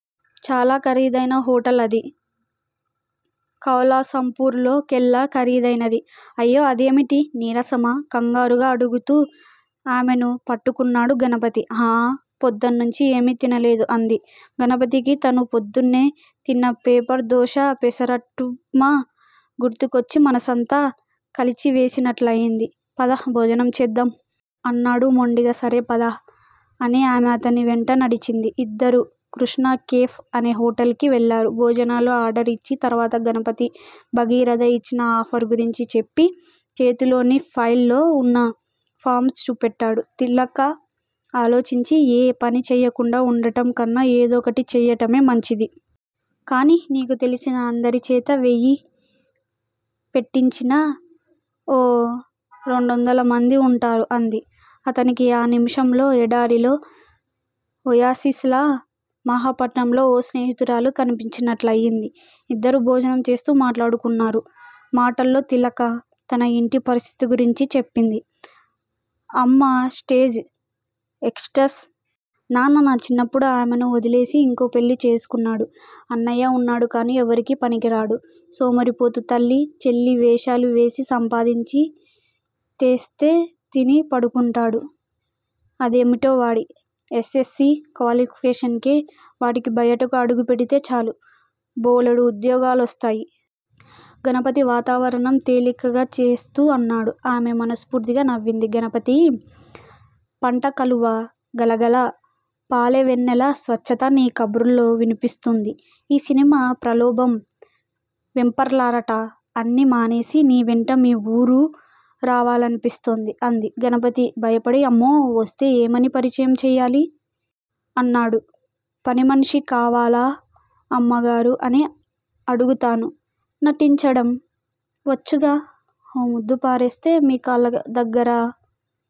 చాలా ఖరీదైన హోటల్ అది. కౌలాలంపూర్ లో కెల్లా ఖరీదైనది.। అయ్యో అదేవిటీ? నీరసమా? కంగారుగా అడుగుతూ ఆమెను పట్టుకున్నాడు గణపతి. ఆఁ పొద్దుట్నుంచీ ఏమీ తినలేదు! అంది. గణపతికి తను పొద్దుటే తిన్న పేపర్ దోస, పెసరట్టుప్మా గుర్తొచ్చి మనసంతా కలచివేసినట్లయింది. పద, భోజనం చేద్దాం! అన్నాడు మొండిగా. సరే పద! అని ఆమె అతని వెంట నడిచింది. ఇద్దరూ కృష్టా కేఫ్ అనే హోటల్ కి వెళ్ళారు. భోజనాలు ఆర్డర్ ఇచ్చిన తర్వాత గణపతి భగీరథ ఇచ్చిన ఆఫర్ గురించి చెప్పి చేతిలోని ఫైల్ లో ఉన్న ఫామ్స్ చూపెట్టాడు. తిలక ఆలోచించి ఏ పనీ చెయ్యకుండా ఉండటం కన్నా ఏదో ఒకటి చెయ్యడమే మంచిది! కానీయ్ నీకు తెలిసిన అందరిచేత వెయ్యి పెట్టించినా ఓ రెండొందలమంది ఉంటారూ? అంది. అతనికి ఆ నిమిషంలో ఎడారిలో ఒయాసిస్ లా మహాపట్నంలో ఓ స్నేహితురాలు కనిపించినట్లయింది. ఇద్దరూ భోజనం చేస్తూ మాట్లాడుకున్నారు. మాటల్లో తిలక తన ఇంటి పరిస్థితి గురించి చెప్పింది. అమ్మ స్టేజ్ ఎక్ట్రస్. నన్నానా చిన్నప్పుడే ఆమెను వదిలేసి ఇంకో పెళ్ళి చేసుకున్నాడు. అన్నయ్య ఉన్నాడు కానీ, ఎవరికీ పనికిరాడు! సోమరిపోతు తల్లీ, చెల్లీ వేషాలు వేసి సంపాదించి తెస్తే తిని పడుకుంటాడు. అదేమిటో వాడి ఎస్. ఎస్. సి. క్వాలిఫీకేషన్ కే వాడికి బయటకు అడుగు పెడితే చాలు బోలెడు ఉద్యోగాలొస్తాయ్. గణపతి వాతావరణం తేలికచేస్తూ అన్నాడు. ఆమె మనస్ఫూర్తిగా నవ్వింది! గణపతీ! పంటకలువ గలగలా, పాల వెన్నెల స్వచ్చతా నీ కబుర్లలో వినిపిస్తోంది. ఈ సినిమా ప్రలోభం వెంపర్లాటా అన్నీ మానేసి నీ వెంట మీ ఊరు రావాలనిపిస్తోంది! అంది. గణపతి భయపడి అమ్మో! వస్తే ఏమని పరిచయం చెయ్యాలి? అన్నాడు. పనిమనిషి కావాలా అమ్మగారూ? అని అడుగుతానూ నటించడం వచ్చుగా! ఓ ముద్ద పారేస్తే మీ కాళ్ళదగ్గర